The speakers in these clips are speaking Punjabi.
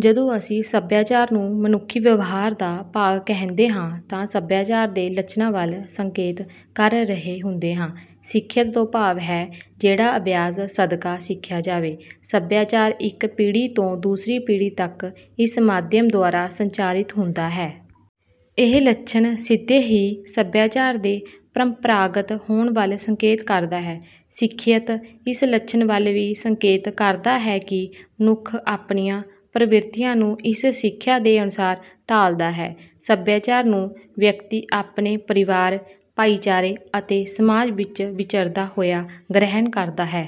ਜਦੋਂ ਅਸੀਂ ਸਭਿਆਚਾਰ ਨੂੰ ਮਨੁੱਖੀ ਵਿਵਹਾਰ ਦਾ ਭਾਗ ਕਹਿੰਦੇ ਹਾਂ ਤਾਂ ਸਭਿਆਚਾਰ ਦੇ ਲੱਛਣਾਂ ਵੱਲ ਸੰਕੇਤ ਕਰ ਰਹੇ ਹੁੰਦੇ ਹਾਂ। ਸਿੱਖਿਅਤ ਤੋਂ ਭਾਵ ਹੈ, ਜਿਹੜਾ ਅਭਿਆਸ ਸਦਕਾ ਸਿੱਖਿਆ ਜਾਵੇ। ਸਭਿਆਚਾਰ ਇੱਕ ਪੀੜ੍ਹੀ ਤੋਂ ਦੂਸਰੀ ਪੀੜ੍ਹੀ ਤੱਕ ਇਸ ਮਾਧਿਅਮ ਦੁਆਰਾ ਸੰਚਾਰਿਤ ਹੁੰਦਾ ਹੈ। ਇਹ ਲੱਛਣ ਸਿੱਧੇ ਹੀ ਸਭਿਆਚਾਰ ਦੇ ਪਰੰਪਰਾਗਤ ਹੋਣ ਵੱਲ ਸੰਕੇਤ ਕਰਦਾ ਹੈ। ਸਿੱਖਿਅਤ ਇਸ ਲੱਛਣ ਵੱਲ ਵੀ ਸੰਕੇਤ ਕਰਦਾ ਹੈ ਕਿ ਮਨੁੱਖ ਆਪਣੀਆਂ ਪ੍ਰਵਿਰਤੀਆਂ ਨੂੰ ਇਸ ਸਿੱਖਿਆ ਦੇ ਅਨੁਸਾਰ ਢਾਲਦਾ ਹੈ। ਸਭਿਆਚਾਰ ਨੂੰ ਵਿਅਕਤੀ ਆਪਣੇ ਪਰਿਵਾਰ, ਭਾਈਚਾਰੇ ਅਤੇ ਸਮਾਜ ਵਿੱਚ ਵਿਚਰਦਾ ਹੋਇਆ ਗ੍ਰਹਿਣ ਕਰਦਾ ਹੈ।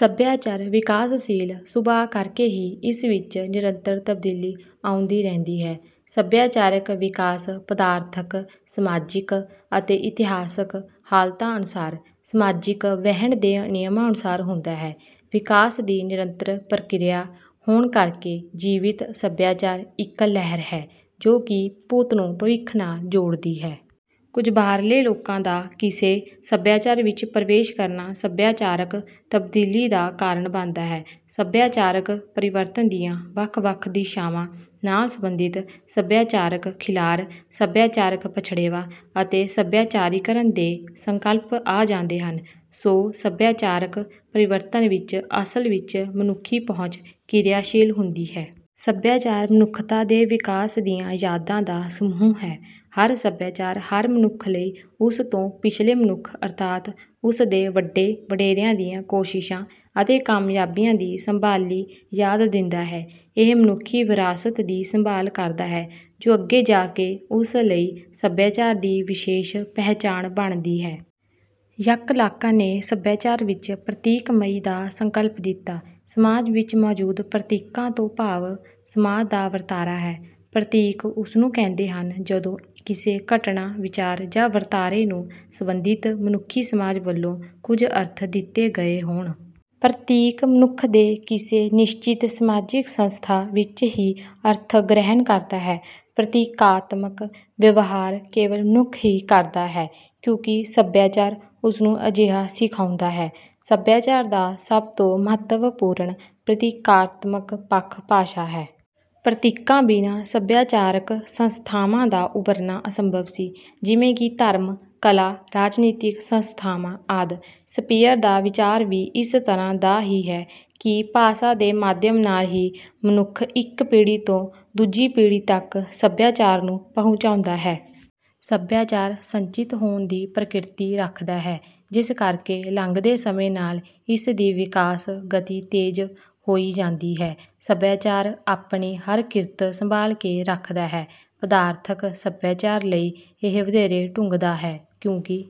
ਸਭਿਆਚਾਰ ਵਿਕਾਸਸ਼ੀਲ ਸੁਭਾਅ ਕਰਕੇ ਹੀ ਇਸ ਵਿੱਚ ਨਿਰੰਤਰ ਤਬਦੀਲੀ ਆਉਂਦੀ ਰਹਿੰਦੀ ਹੈ। ਸਭਿਆਚਾਰਕ ਵਿਕਾਸ ਪਦਾਰਥਕ, ਸਮਾਜਿਕ ਅਤੇ ਇਤਿਹਾਸਕ ਹਾਲਤਾਂ ਅਨੁਸਾਰ, ਸਮਾਜਿਕ ਵਹਿਣ ਦੇ ਨਿਯਮਾਂ ਅਨੁਸਾਰ ਹੁੰਦਾ ਹੈ। ਵਿਕਾਸ ਦੀ ਨਿਰੰਤਰ ਪ੍ਰਕਿਰਿਆ ਹੋਣ ਕਰਕੇ ਜੀਵਿਤ ਸਭਿਆਚਾਰ ਇੱਕ ਲਹਿਰ ਹੈ, ਜੋ ਕਿ ਭੂਤ ਨੂੰ ਭਵਿੱਖ ਨਾਲ ਜੋੜਦੀ ਹੈ। ਕੁਝ ਬਾਹਰਲੇ ਲੋਕਾਂ ਦਾ ਕਿਸੇ ਸਭਿਆਚਾਰ ਵਿੱਚ ਪ੍ਰਵੇਸ਼ ਕਰਨਾ ਸਭਿਆਚਾਰਕ ਤਬਦੀਲੀ ਦਾ ਕਾਰਨ ਬਣਦਾ ਹੈ। ਸਭਿਆਚਾਰਕ ਪਰਿਵਰਤਨ ਦੀਆਂ ਵੱਖ-ਵੱਖ ਦਿਸ਼ਾਵਾਂ ਨਾਲ ਸੰਬੰਧਿਤ ਸਭਿਆਚਾਰਕ-ਖਿਲਾਰ, ਸਭਿਆਚਾਰਕ-ਪਛੜੇਵਾਂ ਅਤੇ ਸਭਿਆਚਾਰੀਕਰਣ ਦੇ ਸੰਕਲਪ ਆ ਜਾਂਦੇ ਹਨ। ਸੋ, ਸਭਿਆਚਾਰਕ ਪਰਿਵਰਤਨ ਵਿੱਚ ਅਸਲ ਵਿੱਚ ਮਨੁੱਖੀ ਪਹੁੰਚ ਕਿਰਿਆਸ਼ੀਲ ਹੁੰਦੀ ਹੈ। ਸਭਿਆਚਾਰ ਮਨੁੱਖਤਾ ਦੇ ਵਿਕਾਸ ਦੀਆਂ ਯਾਦਾਂ ਦਾ ਸਮੂਹ ਹੈ। ਹਰ ਸਭਿਆਚਾਰ ਹਰ ਮਨੁੱਖ ਲਈ ਉਸ ਤੋਂ ਪਿਛਲੇ ਮਨੁੱਖ, ਅਰਥਾਤ ਉਸਦੇ ਵੱਡੇ-ਵਡੇਰਿਆਂ ਦੀਆਂ ਕੋਸ਼ਿਸ਼ਾਂ ਅਤੇ ਕਾਮਯਾਬੀਆਂ ਦੀ ਸੰਭਾਲੀ ਯਾਦ ਦਿੰਦਾ ਹੈ। ਇਹ ਮਨੁੱਖੀ ਵਿਰਾਸਤ ਦੀ ਸੰਭਾਲ ਕਰਦਾ ਹੈ, ਜੋ ਅੱਗੇ ਜਾ ਕੇ ਉਸ ਲਈ ਸਭਿਆਚਾਰ ਦੀ ਵਿਸ਼ੇਸ਼ ਪਹਿਚਾਣ ਬਣਦੀ ਹੈ। ‘ਯੱਕ ਲਾਂਕਾਂ’ ਨੇ ਸਭਿਆਚਾਰ ਵਿੱਚ ਪ੍ਰਤੀਕਮਈ ਦਾ ਸੰਕਲਪ ਦਿੱਤਾ। ਸਮਾਜ ਵਿੱਚ ਮੌਜੂਦ ਪ੍ਰਤੀਕਾਂ ਤੋਂ ਭਾਵ ਸਮਾਜ ਦਾ ਵਰਤਾਰਾ ਹੈ। ਪ੍ਰਤੀਕ ਉਸਨੂੰ ਕਹਿੰਦੇ ਹਨ, ਜਦੋਂ ਕਿਸੇ ਘਟਨਾ, ਵਿਚਾਰ ਜਾਂ ਵਰਤਾਰੇ ਨੂੰ ਸੰਬੰਧਿਤ ਮਨੁੱਖੀ ਸਮਾਜ ਵੱਲੋਂ ਕੁਝ ਅਰਥ ਦਿੱਤੇ ਗਏ ਹੋਣ। ਪ੍ਰਤੀਕ ਮਨੁੱਖ ਦੇ ਕਿਸੇ ਨਿਸ਼ਚਿਤ ਸਮਾਜਿਕ ਸੰਸਥਾ ਵਿੱਚ ਹੀ ਅਰਥ ਗ੍ਰਹਿਣ ਕਰਦਾ ਹੈ। ਪ੍ਰਤੀਕਾਤਮਕ ਵਿਵਹਾਰ ਕੇਵਲ ਮਨੁੱਖ ਹੀ ਕਰਦਾ ਹੈ, ਕਿਉਂਕਿ ਸਭਿਆਚਾਰ ਉਸਨੂੰ ਅਜਿਹਾ ਸਿਖਾਉਂਦਾ ਹੈ। ਸਭਿਆਚਾਰ ਦਾ ਸਭ ਤੋਂ ਮਹੱਤਵਪੂਰਨ ਪ੍ਰਤੀਕਾਰਤਮਕ ਪੱਖ ਭਾਸ਼ਾ ਹੈ। ਪ੍ਰਤੀਕਾਂ ਬਿਨਾਂ ਸਭਿਆਚਾਰਕ ਸੰਸਥਾਵਾਂ ਦਾ ਉਭਰਨਾ ਅਸੰਭਵ ਸੀ, ਜਿਵੇਂ ਕਿ ਧਰਮ, ਕਲਾ, ਰਾਜਨੀਤਿਕ ਸੰਸਥਾਵਾਂ ਆਦਿ। ਸਪੀਅਰ ਦਾ ਵਿਚਾਰ ਵੀ ਇਸ ਤਰ੍ਹਾਂ ਦਾ ਹੀ ਹੈ ਕਿ ਭਾਸ਼ਾ ਦੇ ਮਾਧਿਅਮ ਨਾਲ ਹੀ ਮਨੁੱਖ ਇੱਕ ਪੀੜ੍ਹੀ ਤੋਂ ਦੂਜੀ ਪੀੜ੍ਹੀ ਤੱਕ ਸਭਿਆਚਾਰ ਨੂੰ ਪਹੁੰਚਾਉਂਦਾ ਹੈ। ਸਭਿਆਚਾਰ ਸੰਚਿਤ ਹੋਂਦ ਦੀ ਪ੍ਰਕਿਰਤੀ ਰੱਖਦਾ ਹੈ, ਜਿਸ ਕਰਕੇ ਲੰਘਦੇ ਸਮੇਂ ਨਾਲ ਇਸ ਦੀ ਵਿਕਾਸ ਗਤੀ ਤੇਜ਼ ਹੋਈ ਜਾਂਦੀ ਹੈ। ਸਭਿਆਚਾਰ ਆਪਣੀ ਹਰ ਕਿਰਤ ਸੰਭਾਲ ਕੇ ਰੱਖਦਾ ਹੈ। ਪਦਾਰਥਕ ਸਭਿਆਚਾਰ ਲਈ ਇਹ ਵਧੇਰੇ ਢੁੱਕਦਾ ਹੈ, ਕਿਉਂਕਿ...